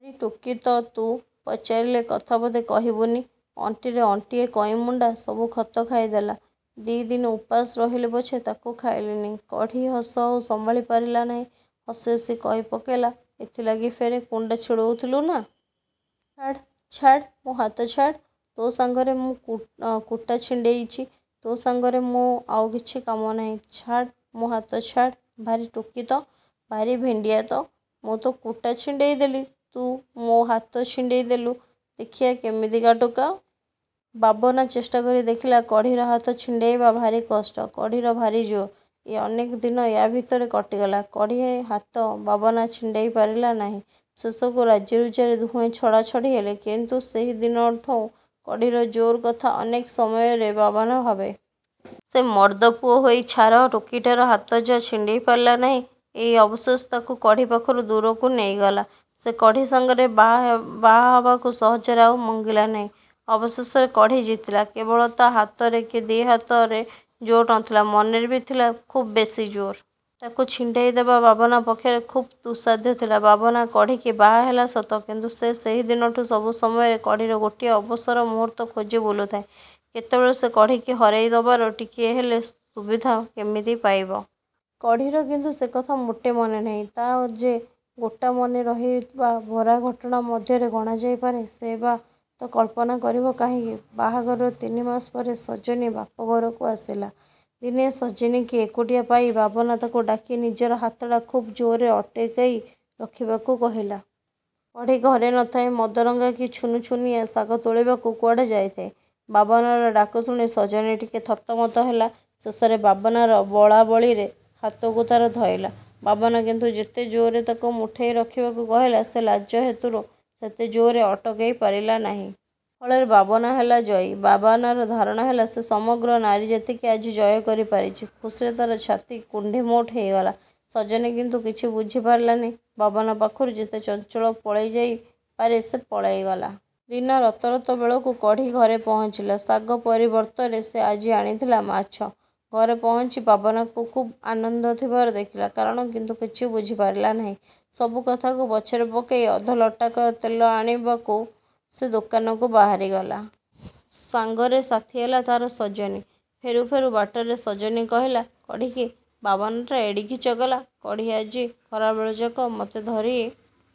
–ଭାରି ଟୋକୀ ତ ତୁ, ପଚାରିଲେ କଥା ପଦେ କହିବୁ ନି! ଅଣ୍ଟିରେ ଅଣ୍ଟିଏ କଇଁମୁଣ୍ଡା, ସବୁ ଖତ ଖାଇଲା–ଦି' ଦିନ ଓପାସ ରହିଲି ପଛେ ତାକୁ ଖାଇଲିନି। କଢ଼ୀ ହସ ଆଉ ସମ୍ଭାଳି ପାରିଲା ନାହିଁ। ହସି ହସି କହିପକେଇଲା–ଏଥିଲାଗି ଫେରେ କୁଟା ଛିଣ୍ଡଉଥିଲୁ–ନା? –ଛାଡ଼, ଛାଡ଼–ମୋ ହାତ ଛାଡ଼, ତୋ ସାଙ୍ଗରେ ମୁଁ କୁଟା ଛିଣ୍ଡେଇଛି। ତୋ ସାଙ୍ଗରେ ମୋର ଆଉ କିଛି କାମ ନାଇଁ, ଛାଡ଼ ମୋ ହାତ ଛାଡ଼–ଭାରି ଟୋକୀ ତ! –ଭାରି ଭେଣ୍ଡିଆ ତ! ମୁଁ ତ କୁଟା ଛିଣ୍ଡେଇ ଦେଲି, ତୁ ମୋ ହାତ ଛିଣ୍ଡେଇ ଦେଲୁ–ଦେଖିବା କେମିତିକିଆ ଟୋକା। ବାବନା ଚେଷ୍ଟା କରି ଦେଖିଲା କଢ଼ୀର ହାତ ଛିଣ୍ଡେଇବା ଭାରି କଷ୍ଟ, କଢ଼ୀର ଭାରି ଜୋର୍। ଅନେକ ଦିନ ୟା' ଭିତରେ କଟିଗଲା। କଢ଼ୀ ହାତ–ବାବନା ଛିଣ୍ଡେଇ ପାରିଲା ନାହିଁ। ଶେଷକୁ ରାଜିରୁଜାରେ ଦୁହେଁ ଛଡ଼ା ଛଡ଼ି ହେଲେ। କିନ୍ତୁ ସେହିଦିନଠଉଁ କଢ଼ୀର ଜୋର୍ କଥା ଅନେକ ସମୟରେ ବାବନା ଭାବେ। ସେ ମର୍ଦ୍ଦ ପୁଅ ହୋଇ ଛାର ଟୋକୀଟାର ହାତ ଯା ଛିଣ୍ଡେଇ ପାରିଲା ନାଇଁ–ଏହି ଅବଶୋଷ ତାକୁ କଢ଼ୀ ପାଖରୁ ଦୂରକୁ ନେଇଗଲା। ସେ କଢ଼ୀ ସାଙ୍ଗରେ ବା'ହବାକୁ ସହଜରେ ଆଉ ମଙ୍ଗିଲା ନାହିଁ। ଅବଶେଷରେ କଢ଼ୀ ଜିତିଲା। କେବଳ ତା ହାତରେ କି ଦେହରେ ଜୋର ନ ଥିଲା, ମନରେ ବି ଥିଲା ଖୁବ୍ ବେଶି ଜୋର। ତାକୁ ଛିଣ୍ଡେଇ ଦେବା ବାବନା ପକ୍ଷରେ ଖୁବ୍ ଦୁଃସାଧ୍ୟ ହେଲା। ବାବନା କଢ଼ୀକି ବାହା ହେଲା ସତ, କିନ୍ତୁ ସେ ସେହଦିନଠୁ ସବୁ ସମୟରେ କଢ଼ୀର ଗୋଟିଏ ଅବସର ମୁହୂର୍ତ୍ତ ଖୋଜି ବୁଲୁଥାଏ–କେତେବେଳେ ସେ କଢ଼ୀକି ହରେଇ ଦେବାର ଟିକିଏ ହେଲେ ସୁବିଧା କେମିତି ପାଇବ। କଢ଼ୀର କିନ୍ତୁ ସେକଥା ମୋଟେ ମନେ ନାହିଁ–ତା ଯେ ଗୋଟା ମନେ ରହିବା ଭରା ଘଟଣା ମଧ୍ୟରେ ଗଣାଯାଇପାରେ ସେ ବା ତା କଳ୍ପନା କରିବ କାହିଁକି? ବାହାଘରର ତିନିମାସ ପରେ ସଜନୀ ବାପଘରକୁ ଆସିଲା। ଦିନେ ସଜନୀକି ଏକୁଟିଆ ପାଇ ବାବନା ତାକୁ ଡାକି ନିଜର ହାତଟା ଖୁବ୍ ଜୋରରେ ଅଟକେଇ ରଖିବାକୁ କହିଲା। କଢ଼ୀ ଘରେ ନ' ଥାଏ। ମଦରଙ୍ଗା କି ଛୁନୁଛୁନିଆ ଶାଗ ତୋଳିବାକୁ କୁଆଡ଼େ ଯାଇଥାଏ। ବାବନାର ଡାକ ଶୁଣି ସଜନୀ ଟିକେ ଥତମତ କଲା। ଶେଷରେ ବାବନାର ବଳାବଳିରେ ହାତକୁ ତାର ଧଇଲା-। ବାବନା କିନ୍ତୁ ଯେତେ ଜୋରରେ ତାକୁ ମୁଠେଇ ରଖିବାକୁ କହିଲା ସେ ଲାଜ ହେତୁରୁ ସେତେ ଜୋର୍ରେ ଅଟକେଇ ପାରିଲା ନାହିଁ। ଫଳରେ ବାବନା ହେଲା ଜୟୀ। ବାବାନାର ଧାରଣା ହେଲା ସେ ସମଗ୍ର ନାରୀ ଜାତିକି ଆଜି ଜୟ କରି ପାରିଚି। ଖୁସିରେ ତା'ର ଛାତି କୁଣ୍ଢେମୋଟ ହୋଇଗଲା। ସଜନୀ କିନ୍ତୁ କିଛି ବୁଝି ପାରିଲା ନାହିଁ। ବାବନା ପାଖରୁ ଯେତେ ଚଞ୍ଚଳ ପଳେଇ ଯାଇ ପାରେ ସେ ପଳେଇଗଲା। ଦିନ ରତରତ ବେଳକୁ କଢ଼ୀ ଘରେ ପହଞ୍ଚିଲା-। ଶାଗ ପରିବର୍ତ୍ତରେ। ସେ ଆଜି ଆଣିଥିଲା ମାଛ। ଘରେ ପହଞ୍ଚି ବାବନାକୁ ଖୁବ୍ ଆନନ୍ଦ ଥିବାର ଦେଖିଲା, କାରଣ କିନ୍ତୁ କିଛି ବୁଝିପାରିଲା ନାହିଁ। ସବୁ କଥାକୁ ପଛରେ ପକେଇ ଅଧଲଟାକର ତେଲ ଆଣିବା ପାଇଁ ସେ ଦୋକାନକୁ ବାହାରିଗଲା। ସାଙ୍ଗରେ ସାଥୀ ହେଲା ତାର ସଜନୀ-। ଫେରୁ ଫେରୁ ବାଟରେ ସଜନୀ କହିଲା କଢ଼ୀକି,–ବାବନାଟା ଏଡ଼ିକି ଚଗଲା। କଢ଼ୀ, ଆଜି ଖରାବେଳଯାକ ମତେ ଧରି